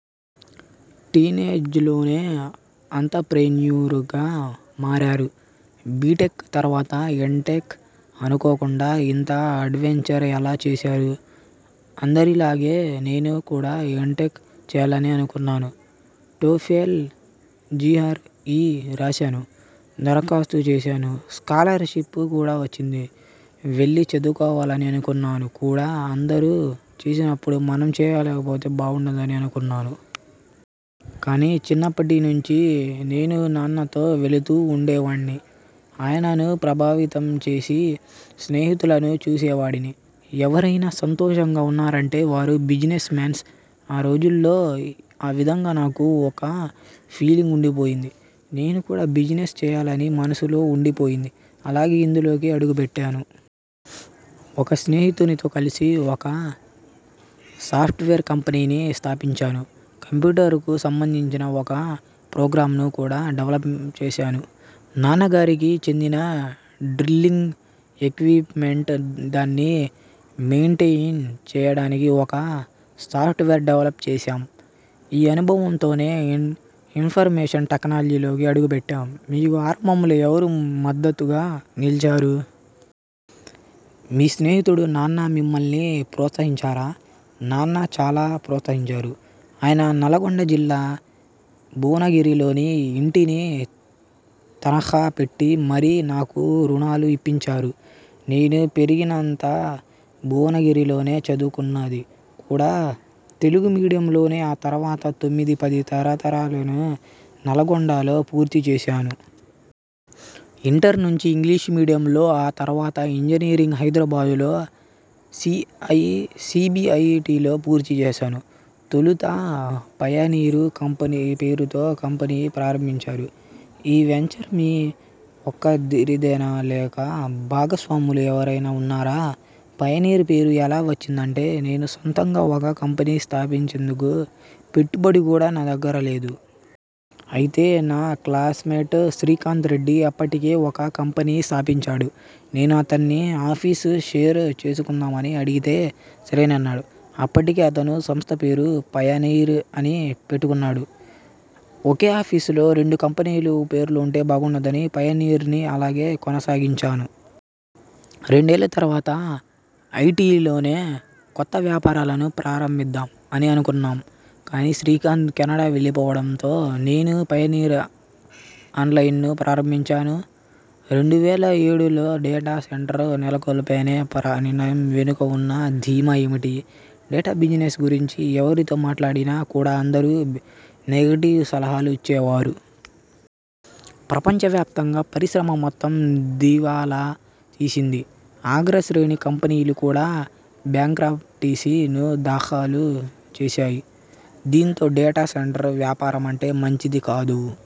టీనేజ్లోనే ఆంత్రప్రెన్యూర్గా మారారు. బిటెక్ తర్వాత ఎంటెక్ అనుకోకుండా ఇంత అడ్వెంచర్ ఎలా చేశారు? అందరిలాగే నేను కూడా ఎంటెక్ చేయాలని అనుకున్నాను. టోఫెల్, జిఆర్ఇ రాశాను. దరఖాస్తు చేశాను స్కాలర్షిప్ కూడా వచ్చింది. వెళ్లి చదువుకోవాలని అనుకున్నాను కూడా అందరు చేసినప్పుడు మనం చేయకపోతే బావుండదని అనుకున్నాను. కాని చిన్నప్పటి నుంచి నేను నాన్నతో వెళుతూ ఉండేవాన్ని. ఆయనను ప్రభావితం చేసిన స్నేహితులను చూసేవాడిని. ఎవరైనా సంతోషంగా ఉన్నారంటే వారు బిజినెస్ మెన్స్ ఆ రోజుల్లో. ఆ విధంగా నాకు ఒక ఫీలింగ్ ఉండిపోయింది. నేను కూడా బిజినెస్ చేయాలని మనసులో ఉండిపోయింది. అలాగే ఇందులోకి అడుగుపెట్టాను. ఒక స్నేహితునితో కలిసి ఒక సాఫ్ట్వేర్ కంపెనీని స్థాపించాను. కంప్యూటర్కు సంబంధించి ఒక ప్రొగ్రామ్ను కూడా డెవలప్ చేశాం. నాన్న గారికి చెందిన డ్రిల్లింగ్ ఎక్విప్మెంట్, దాన్ని మెయింటెయిన్ చేయటానికి ఒక సాఫ్ట్వేర్ డెవలప్ చేశాం. ఈ అనుభవంతోనే ఇన్ఫర్మేషన్ టెక్నాలజీ లోకి అడుగుపెట్టాం. మీకు ఆరంభంలో ఎవరు మద్దతుగా నిలిచారు? మీ స్నేహితుడు, నాన్న మిమ్మల్ని ప్రోత్సహించారా? నాన్న చాలా ప్రోత్సహించారు. ఆయన నల్లగొండ జిల్లా భువనగిరిలోని ఇంటిని తనఖా పెట్టి మరీ నాకు రుణాలు ఇప్పించారు. నేను పెరిగినదంతా భువనగిరిలోనే చదువుకున్నది కూడా తెలుగు మీడియంలోనే. ఆ తర్వాత తొమ్మిది, పది తరగతులను నల్లగొండలో పూర్తి చేశాను. ఇంటర్ నుంచి ఇంగ్లీష్ మీడియంలో ఆ తర్వాత ఇంజనీరింగ్ హైదరాబాద్ లో సిబిఐటిలో పూర్తి చేశాను. తొలుత పయనీర్ పేరుతో కంపెనీ ప్రారంభించారు. ఈ వెంచర్ మీ ఒక్కరిదేనా లేక భాగస్వాములు ఎవరైనా ఉన్నారా? పయనీర్ పేరు ఎలా వచ్చిందంటే నేను సొంతంగా ఒక కంపెనీ స్థాపించేందుకు పెట్టుబడి కూడా నా దగ్గర లేదు. అయితే నా క్లాస్మేట్ శ్రీకాంత్ రెడ్డి అప్పటికే ఒక కంపెనీ స్థాపించాడు. నేను అతన్ని ఆఫీస్ షేర్ చేసుకుందామని అడిగితే సరేనన్నాడు. అప్పటికే అతని సంస్థ పేరు పయనీర్ అని పెట్టుకున్నాడు. ఒకే ఆఫీస్ లో రెండు కంపెనీల పేర్లు ఉంటే బాగుండదని పయనీర్ని అలాగే కొనసాగించాను. రెండేళ్ల తర్వాత ఐటిలోనే కొత్త వ్యాపారాలను ప్రారంభిద్దాం అని అనుకున్నాం. కాని శ్రీకాంత్ కెనడా వెళ్లిపోవటంతో నేను పయనీర్ ఆన్లైన్ను ప్రారంభించాను. రెండు వేల ఏడులో డేటా సెంటర్ నెలకొల్పాలనే నిర్ణయం వెనుక ఉన్న ధీమా ఏమిటి? డేటా బిజినెస్ గురించి ఎవరితో మాట్లాడినా కూడా అందరు నెగిటివ్ సలహాలు ఇచ్చేవారు. ప్రపంచవ్యాప్తంగా పరిశ్రమ మొత్తం దివాలా తీసింది. అగ్రశ్రేణి కంపెనీలు కూడా బ్యాంక్రప్టసీ ను దాఖలు చేశాయి. దీంతో డేటా సెంటర్ వ్యాపారం అంటే మంచిది కాదు